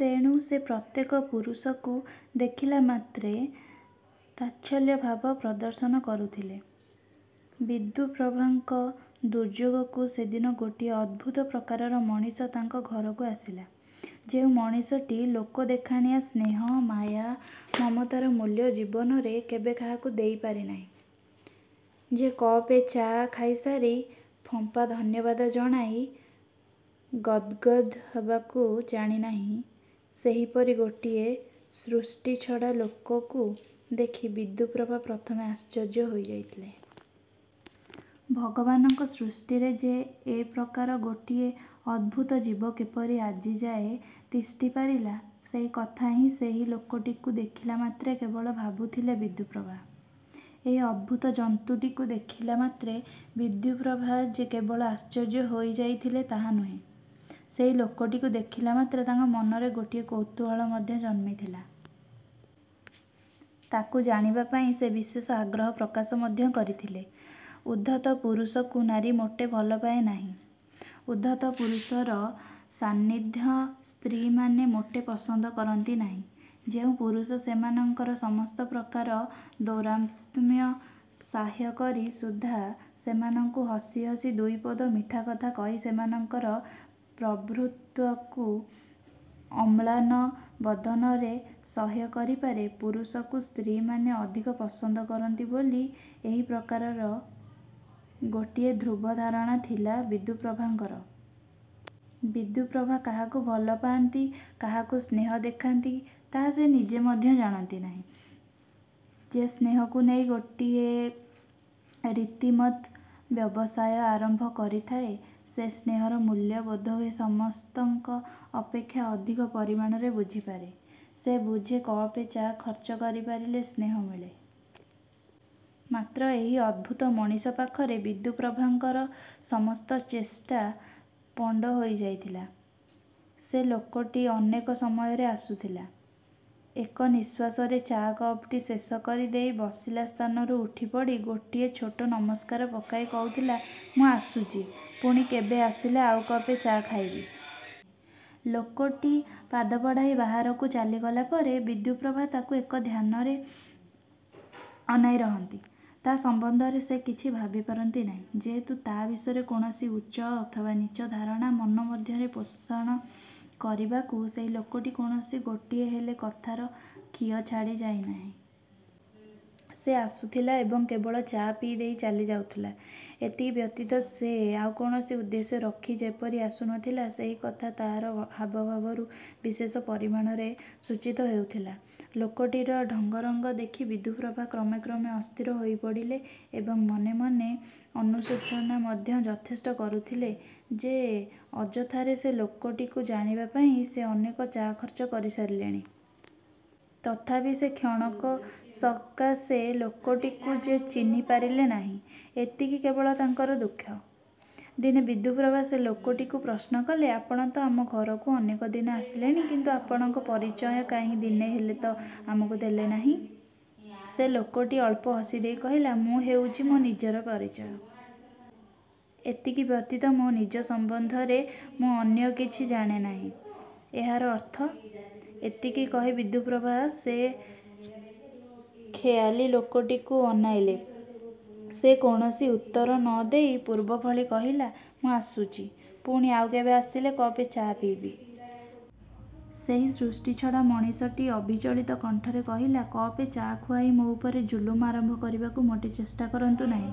ତେଣୁ ସେ ପ୍ରତ୍ୟେକ ପୁରୁଷକୁ ଦେଖିଲାମାତ୍ରେ ତାଚ୍ଛଲ୍ୟଭାବ ପ୍ରଦର୍ଶନ କରୁଥିଲେ। ବିଦ୍ୟୁପ୍ରଭାଙ୍କ ଦୁର୍ଯ୍ୟୋଗକୁ ସେଦିନ ଗୋଟିଏ ଅଦ୍ଭୁତ ପ୍ରକାରର ମଣିଷ ତାଙ୍କ ଘରକୁ ଆସିଲା। ଯେଉଁ ମଣିଷଟି ଲୋକଦେଖାଣିଆ ସ୍ନେହ, ମାୟା, ମମତାର ମୂଲ୍ୟ ଜୀବନରେ କେବେ କାହାକୁ ଦେଇ ପାରିନାହିଁ, ଯେ କପେ ଚା' ଖାଇସାରି ଫମ୍ପା ଧନ୍ୟବାଦ ଜଣାଇ ଗଦ୍ଗଦ୍ ହେବାକୁ ଜାଣିନାହିଁ ସେହିପରି ଗୋଟିଏ ସୃଷ୍ଟିଛଡ଼ା ଲୋକକୁ ଦେଖି ବିଦ୍ୟୁପ୍ରଭା ପ୍ରଥମେ ଆଶ୍ଚର୍ଯ୍ୟ ହୋଇଯାଇଥିଲେ। ଭଗବାନଙ୍କ ସୃଷ୍ଟିରେ ଯେ ଏପ୍ରକାର ଗୋଟିଏ ଅଦ୍ଭୁତଜୀବ କିପରି ଆଜିଯାଏ ତିଷ୍ଠିପାରିଲା ସେହି କଥା ହିଁ ସେହି ଲୋକଟିକୁ ଦେଖିଲାମାତ୍ରେ କେବଳ ଭାବୁଥିଲେ ବିଦ୍ୟୁପ୍ରଭା। ଏହି ଅଦ୍ଭୁତ ଜନ୍ତୁଟିକୁ ଦେଖିଲା ମାତ୍ରେ ବୁଦ୍ୟୁପ୍ରଭା ଯେ କେବଳ ଆଶ୍ଚର୍ଯ୍ୟ ହୋଇଯାଇଥିଲେ ତାହା ନୁହେଁ। ସେହି ଲୋକଟିକୁ ଦେଖିଲାମାତ୍ରେ ତାଙ୍କ ମନରେ ଗୋଟିଏ କୌତୂହଳ ମଧ୍ୟ ଜନ୍ମିଥିଲା। ତାକୁ ଜାଣିବା ପାଇଁ ସେ ବିଶେଷ ଆଗ୍ରହ ପ୍ରକାଶ ମଧ୍ୟ କରିଥିଲେ। ଉଦ୍ଧତ ପୁରୁଷକୁ ନାରୀ ମୋଟେ ଭଲପାଏ ନାହିଁ। ଉଦ୍ଧତ ପୁରୁଷର ସାନ୍ନିଧ୍ୟ ସ୍ତ୍ରୀମାନେ ମୋଟେ ପସନ୍ଦ କରନ୍ତି ନାହିଁ। ଯେଉଁ ପୁରୁଷ ସେମାନଙ୍କର ସମସ୍ତ ପ୍ରକାର ଦୌରାତ୍ମ୍ୟ ସହ୍ୟକରି ସୁଦ୍ଧା ସେମାନଙ୍କୁ ହସି ହସି ଦୁଇପଦ ମିଠାକଥା କହି ସେମାନଙ୍କର ପ୍ରଭୃତ୍ୱକୁ ଅମ୍ଳାନ ବଦନରେ ସହ୍ୟ କରିପାରେ ପୁରୁଷକୁ ସ୍ତ୍ରୀମାନେ ଅଧିକ ପସନ୍ଦ କରନ୍ତି ବୋଲି ଏହି ପ୍ରକାରର ଗୋଟିଏ ଧ୍ରୁବ ଧାରଣା ଥିଲା ବିଦ୍ୟୁପ୍ରଭାଙ୍କର। ବିଦ୍ୟୁପ୍ରଭା କାହାକୁ ଭଲ ପାଆନ୍ତି, କାହାକୁ ସ୍ନେହ ଦେଖାନ୍ତି ତାହା ସେ ନିଜେ ମଧ୍ୟ ଜାଣନ୍ତି ନାହିଁ। ଯେ ସ୍ନେହକୁ ନେଇ ଗୋଟିଏ ରିତିମତ୍ ବ୍ୟବସାୟ ଆରମ୍ଭ କରିଥାଏ ସେ ସ୍ନେହର ମୂଲ୍ୟ ବୋଧହୁଏ ସମସ୍ତଙ୍କ ଅପେକ୍ଷା ଅଧିକ ପରିମାଣରେ ବୁଝିପାରେ। ସେ ବୁଝେ କପେ ଚା' ଖର୍ଚ୍ଚ କରିପାରିଲେ ସ୍ନେହ ମିଳେ। ମାତ୍ର ଏହି ଅଦ୍ଭୁତ ମଣିଷ ପାଖରେ ବିଦ୍ୟୁପ୍ରଭାଙ୍କର ସମସ୍ତ ଚେଷ୍ଟା ପଣ୍ଡ ହୋଇଯାଇଥିଲା। ସେ ଲୋକଟି ଅନେକ ସମୟରେ ଆସୁଥିଲା। ଏକ ନିଶ୍ୱାସରେ ଚା' କପଟି ଶେଷ କରିଦେଇ ବସିଲା ସ୍ଥାନରୁ ଉଠିପଡ଼ି ଗୋଟିଏ ଛୋଟ ନମସ୍କାର ପକାଇ କହୁଥିଲା, ''ମୁଁ ଆସୁଛି। ପୁଣି କେବେ ଆସିଲେ ଆଉ କପେ ଚା' ଖାଇବି। '' ଲୋକଟି ପାଦ ବଢ଼ାଇ ବାହାରକୁ ଚାଲିଗଲା ପରେ ବିଦ୍ୟୁପ୍ରଭା ତାକୁ ଏକ ଧ୍ୟାନରେ ଅନାଇରହନ୍ତି। ତା' ସମ୍ବନ୍ଧରେ ସେ କିଛି ଭାବିପାରନ୍ତି ନାହିଁ, ଯେହେତୁ ତା' ବିଷୟରେ କୌଣସି ଉଚ୍ଚ ଅଥବା ନୀଚ ଧାରଣା ମନ ମଧ୍ୟରେ ପୋଷଣ କରିବାକୁ ସେହି ଲୋକଟି କୌଣସି ଗୋଟିଏହେଲେ କଥାର ଖିଅ ଛାଡ଼ି ଯାଏନାହିଁ। ସେ ଆସୁଥିଲା ଏବଂ କେବଳ ଚା' ପିଇ ଦେଇ ଚାଲି ଯାଉଥିଲା। ଏତିକି ବ୍ୟତୀତ ସେ ଆଉ କୌଣସି ଉଦ୍ଦେଶ୍ୟ ରଖି ଯେପରି ଆସୁନଥିଲା ସେହିକଥା ତାହାର। ହାବଭାବରୁ ବିଶେଷ ପରିମାଣରେ ସୂଚିତ ହେଉଥିଲା। ଲୋକଟିର ଢଙ୍ଗ ରଙ୍ଗ ଦେଖି ବିଦ୍ୟୁପ୍ରଭା କ୍ରମେ କ୍ରମେ ଅସ୍ଥିର ହୋଇ ପଡ଼ିଲେ ଏବଂ ମନେମନେ ଅନୁଶୋଚନା ମଧ୍ୟ ଯଥେଷ୍ଟ କରୁଥିଲେ ଯେ ଅଯଥାରେ ସେ ଲୋକଟିକୁ ଜାଣିବା ପାଇଁ ସେ ଅନେକ ଚା' ଖର୍ଚ୍ଚ କରି ସାରିଲେଣି। ତଥାପି ସେ କ୍ଷଣକ ସକାଶେ ଲୋକଟିକୁ ଯେ ଚିହ୍ନି ପାରିଲେ ନାହିଁ। ଏତିକି କେବଳ ତାଙ୍କର ଦୁଃଖ। ଦିନେ ବିଦ୍ୟୁପ୍ରଭା ସେ ଲୋକଟିକୁ ପ୍ରଶ୍ନକଲେ, ''ଆପଣତ ଆମ ଘରକୁ ଅନେକଦିନ ଆସିଲେଣି କିନ୍ତୁ ଆପଣଙ୍କ ପରିଚୟ କାହିଁ ଦିନେ ହେଲେତ ଆମକୁ ଦେଲେନାହିଁ? '' ସେ ଲୋକଟି ଅଳ୍ପ ହସିଦେଇ କହିଲା, ''ମୁଁ ହେଉଛି ମୋ ନିଜର ପରିଚୟ। ଏତିକି ବ୍ୟତୀତ ମୋ ନିଜ ସମ୍ବନ୍ଧରେ ମୁଁ ଅନ୍ୟକିଛି ଜାଣେ ନାହିଁ। '' 'ଏହାର ଅର୍ଥ? ' ଏତିକି କହି ବିଦ୍ୟୁପ୍ରଭା ସେ ଖେୟାଲୀ ଲୋକଟିକୁ ଅନାଇଲେ। ସେ କୌଣସି ଉତ୍ତର ନ ଦେଇ ପୂର୍ବଭଳି କହିଲା, ''ମୁଁ ଆସୁଛି। ପୁଣି ଆଉ କେବେ ଆସିଲେ କପେ ଚା' ପିଇବି। '' ସେହି ସୃଷ୍ଟିଛଡ଼ା ମଣିଷଟି ଅବିଚଳିତ କଣ୍ଠରେ କହିଲା, ''କପେ ଚା' ଖୁଆଇ ମୋ ଉପରେ ଜୁଲୁମ ଆରମ୍ଭ କରିବାକୁ ମୋଟେ ଚେଷ୍ଟାକରନ୍ତୁ ନାହିଁ।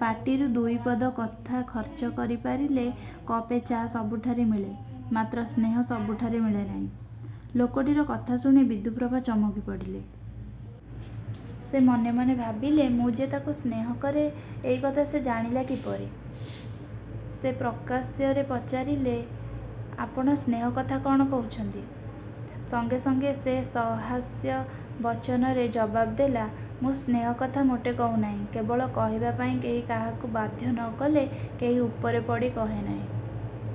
ପାଟିରୁ ଦୁଇପଦ କଥା ଖର୍ଚ୍ଚ କରିପାରିଲେ କପେ ଚା' ସବୁଠାରେ ମିଳେ; ମାତ୍ର ସ୍ନେହ ସବୁଠାରେ ମିଳେନାହିଁ। '' ଲୋକଟିର କଥା ଶୁଣି ବିଦ୍ୟୁପ୍ରଭା ଚମକି ପଡ଼ିଲେ। ସେ ମନେମନେ ଭାବିଲେ ମୁଁ ଯେ ତାକୁ ସ୍ନେହକରେ ଏହି କଥା ସେ ଜାଣିଲା କିପରି? ସେ ପ୍ରକାଶ୍ୟରେ ପଚାରିଲେ, ''ଆପଣ ସ୍ନେହ କଥା କ'ଣ କହୁଛନ୍ତି? '' ସଙ୍ଗେ ସଙ୍ଗେ ସେ ସହାସ୍ୟ ବଚନରେ ଜବାବ୍ ଦେଲା, ''ମୁଁ ସ୍ନେହକଥା ମୋଟେ କହୁନାହିଁ। କେବଳ କହିବା ପାଇଁ କେହି କାହାକୁ ବାଧ୍ୟ ନ କଲେ କେହି ଉପରେ ପଡ଼ି କହେ ନାହିଁ-।